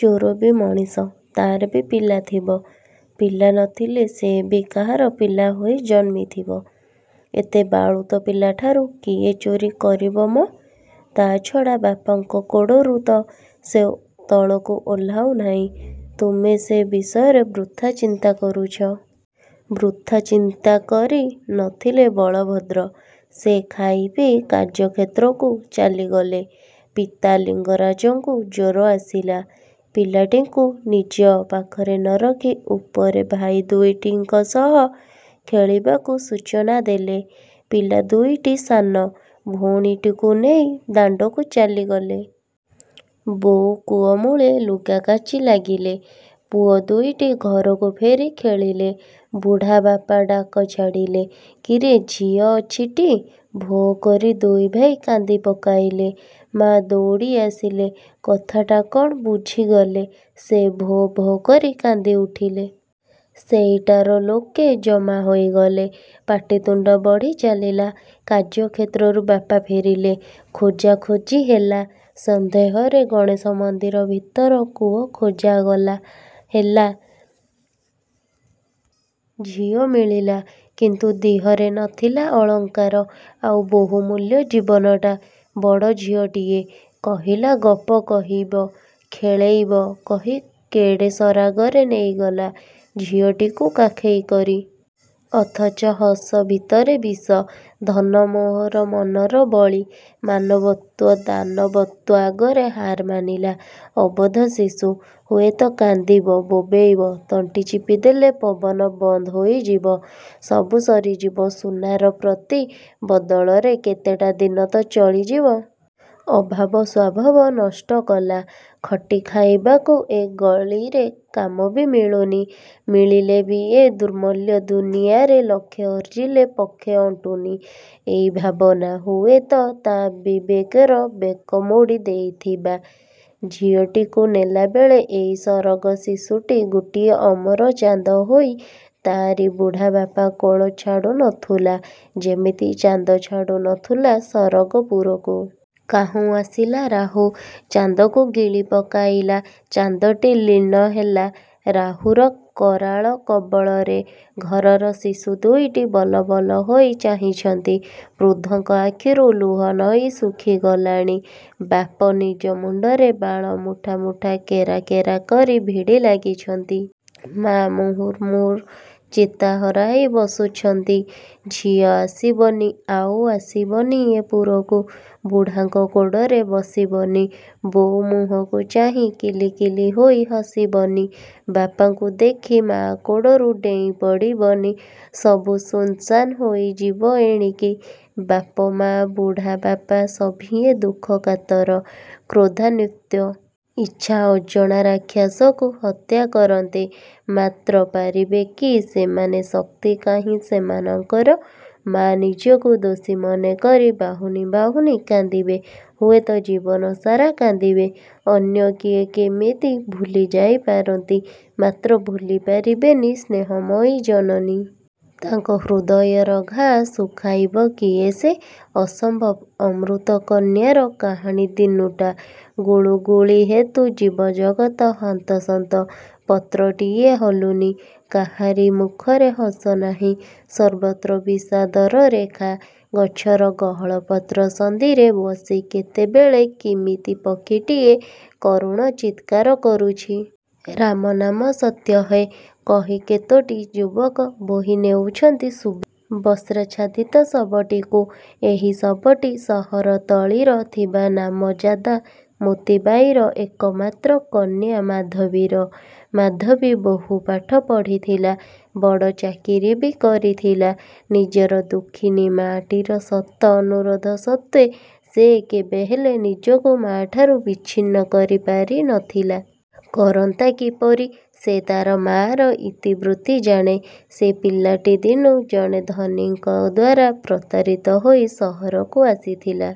ଚୋର ବି ମଣିଷ ତାର ବି ପିଲା ଥିବ, ପିଲା ନଥିଲେ ସେ ବି କାହାର ପିଲା ହୋଇ ଜନ୍ମିଥିବ। ଏତେ ବାଳୁତ ପିଲାଠାରୁ କିଏ ଚୋରି କରିବ ମ! ତାଛଡ଼ା ବାପାଙ୍କ କୋଡ଼ରୁ ତ ସେ ତଳକୁ ଓହ୍ଳାଉ ନାହିଁ। ତୁମେ ସେ ବିଷୟରେ ବୃଥା ଚିନ୍ତା କରୁଚ। ବୃଥା ଚିନ୍ତା କରି ନ ଥିଲେ ବଳଭଦ୍ର। ସେ ଖାଇ ପିଇ କାର୍ଯ୍ୟକ୍ଷେତ୍ରକୁ ଚାଲିଗଲେ। ପିତା ଲିଙ୍ଗରାଜଙ୍କୁ ଜ୍ୱର ଆସିଲା। ପିଲାଟିକୁ ନିଜ ପାଖରେ ନ ରଖି ଉପରେ ଭାଇ ଦୁଇଟିଙ୍କ ସହ ଖେଳିବାକୁ ସୂଚନା ଦେଲେ। ପିଲା ଦୁଇଟି ସାନ ଭଉଣୀଟିକୁ ନେଇ ଦାଣ୍ତକୁ ଚାଲିଗଲେ। ବୋଉ କୂଅ ମୂଳେ ଲୁଗା କାଚି ଲାଗିଲେ। ପୁଅ ଦୁଇଟି ଘରକୁ ଫେରି ଖେଳିଲେ। ବୁଢ଼ା ବାପା ଡାକ ଛାଡ଼ିଲେ, କିରେ ଝିଅ ଅଛି ଟି? ଭୋ କରି ଦୁଇ ଭାଇ କାନ୍ଦି ପକାଇଲେ। ମା ଦଉଡ଼ି ଆସିଲେ। କଥାଟା କ'ଣ ବୁଝିଗଲେ। ସେ ଭୋ ଭୋ କରି କାନ୍ଦି ଉଠିଲେ। ସାଇଟାର ଲୋକେ ଜମା ହୋଇଗଲେ। ପାଟି ତୁଣ୍ତ ବଢ଼ି ଚାଲିଲା। କାର୍ଯ୍ୟକ୍ଷେତ୍ରରୁ ବାପା ଫେରିଲେ। ଖୋଜାଖୋଜି ହେଲା। ସନ୍ଦେହରେ ଗଣେଶ ମନ୍ଦିର ଭିତର କୂଅ ଖୋଜାଗଲା ହେଲା। ଝିଅ ମିଳିଲା। କିନ୍ତୁ ଦିହରେ ନଥିଲା ଅଳଙ୍କାର ଆଉ ବହୁ ମୂଲ୍ୟ ଜୀବନଟା। ବଡ଼ ଝିଅଟିଏ, କହିଲା ଗପ କହିବ, ଖେଳେଇବ କହି କେଡ଼େ ସରାଗରେ ନେଇଗଲା ଝିଅଟିକୁ, କାଖେଇ କରି। ଅଥଚ ହସ ଭିତରେ ବିଷ। ଧନ ମୋହର ମନର ବଳି, ମାନବତ୍ୱ ଦାନବତ୍ୱ ଆଗରେ ହାର ମାନିଲା। ଅବୋଧ ଶିଶୁ। ହୁଏତ କାନ୍ଦିବ, ବୋବେଇବ। ତଣ୍ଟି ଚିପି ଦେଲେ, ପବନ ବନ୍ଦ ହୋଇଯିବ। ସବୁ ସରିଯିବ, ସୁନାର ପ୍ରତି ବଦଳରେ କେତେଟା ଦିନ ତ ଚଳିଯିବ। ଅଭାବ ସ୍ୱଭାବ ନଷ୍ଟ କଲା। ଖଟି ଖାଇବାକୁ ଏ ଗଳିରେ କାମ ବି ମିଳୁନି। ମିଳିଲେ ବି ଏ ଦୁର୍ମୂଲ୍ୟ ଦୁନିଆର ଲକ୍ଷେ ଅର୍ଜିଲେ ପକ୍ଷେ ଅଣ୍ଟୁନି। ଏଇ ଭାବନା, ହୁଏତ ତା ବିବେକର ବେକ ମୋଡ଼ି ଦେଇଥିବା। ଝିଅଟିକୁ ନେଲା ବେଳେ, ଏଇ ସରଗ ଶିଶୁଟି ଗୋଟିଏ ଅମର ଚାନ୍ଦ ହୋଇ ତାରି ବୁଢ଼ା ବାପ କୋଳ ଛାଡ଼ୁ ନ ଥିଲା, ଯିମିତି ଚାନ୍ଦ ଛାଡ଼ୁ ନଥିଲା ସରଗପୁରକୁ। କାହୁଁ ଆସିଲା ରାହୁ, ଚାନ୍ଦକୁ ଗିଳି ପକାଇଲା।। ଚାନ୍ଦଟି ଲୀନ ହେଲା ରାହୁର କରାଳ କବଳରେ। ଘରର ଶିଶୁ ଦୁଇଟି ବଲବଲ ହୋଇ ଚାହିଁଛନ୍ତି। ବୃଦ୍ଧଙ୍କ ଆଖିରୁ ଲୁହ ନଈ ଶୁଖି ଗଲାଣି। ବାପ ନିଜ ମୁଣ୍ତରେ ବାଳ ମୁଠା ମୁଠା କେରା କେରା କରି ଭିଡ଼ି ଲାଗିଛନ୍ତି। ମାଆ ମୁର୍ହୁମୁର୍ହୁଃ ଚେତନା ହରାଇ ବସୁଛନ୍ତି। ଝିଅ ଆସିବନି, ଆଉ ଆସିବନି ଏ ପୁରକୁ। ବୁଢ଼ାଙ୍କ କୋଡ଼ରେ ବସିବନି। ବୋଉ ମୁହଁକୁ ଚାହିଁ କିଲିକିଲି ହୋଇ ହସିବନି। ବାପାଙ୍କୁ ଦେଖି ମା କୋଡ଼ରୁ ଡ଼େଇଁ ପଡ଼ିବନି। ସବୁ ଶୁନ୍ଶାନ୍ ହୋଇଯିବ ଏଣିକି। ବାପ, ମା, ବୁଢ଼ା ବାପା, ସଭିଏଁ ଦୁଃଖ କାତର, କ୍ରୋଧାନ୍ୱିତ। ଇଚ୍ଛା, ଅଜଣା ରାକ୍ଷସକୁ ହତ୍ୟା କରନ୍ତେ। ମାତ୍ର ପାରିବେ କି ସେମାନେ ଶକ୍ତି କାହିଁ ସେମାନଙ୍କର? ମା, ନିଜକୁ ଦୋଷୀ ମନେକରି ବାହୁନି ବାହୁନି କାନ୍ଦିବେ। ହୁଏତ ଜୀବନ ସାରା କାନ୍ଦିବେ। ଅନ୍ୟ କିଏ କିମିତି ଭୁଲି ଯାଇପାରନ୍ତି, ମାତ୍ର ଭୁଲି ପାରିବେନି ସ୍ନେହମୟୀ ଜନନୀ। ତାଙ୍କ ହୃଦୟର ଘା' ଶୁଖାଇବ କିଏ ସେ? ଅସମ୍ଭବ! ଅମୃତ କନ୍ୟାର କାହାଣୀ ଦିନୁଟା ଗୁଳୁଗୁଳି ହେତୁ ଜୀବ-ଜଗତ ହନ୍ତସନ୍ତ। ପତ୍ରଟିଏ ହଲୁନି। କାହାରି ମୁଖରେ ହସ ନାହିଁ। ସର୍ବତ୍ର ବିଷାଦର ରେଖା। ଗଛର ଗହଳ ପତ୍ର ସନ୍ଧିରେ ବସି କେତେବେଳେ କିମିତି ପକ୍ଷୀଟିଏ କରୁଣ ଚିତ୍କାର କରୁଚି। 'ରାମ ନାମ ସତ୍ୟ ହେ' କହି କେତୋଟି ଯୁବକ ବୋହି ନେଉଚନ୍ତି ଶୁଭ୍ର ବସ୍ତ୍ରାଚ୍ଛାଦିତ ଶବଟିକୁ। ଏହି ଶବଟି ସହର ତଳିର ଥିବା ନାମଯାଦା ମୋତିବାଈର ଏକମାତ୍ର କନ୍ୟା ମାଧବୀର। ମାଧବୀ ବହୁ ପାଠ ପଢ଼ିଥିଲା। ବଡ଼ ଚାକିରୀ ବି କରିଥିଲା। ନିଜର ଦୁଃଖିନୀ ମା'ଟିର ଶତ ଅନୁରୋଧ ସତ୍ତ୍ୱେ ସେ କେବେହେଲେ ନିଜକୁ ମା'ଠାରୁ ବିଚ୍ଛିନ୍ନ କରିପାରି ନଥିଲା। କରନ୍ତା କିପରି? ସେ ତା'ର ମା'ର ଇତିବୃତ୍ତି ଜାଣେ। ସେ ପିଲାଟିଦିନୁ ଜଣେ ଧନୀକଙ୍କ ଦ୍ୱାରା ପ୍ରତାରିତ ହୋଇ ସହରକୁ ଆସିଥିଲା।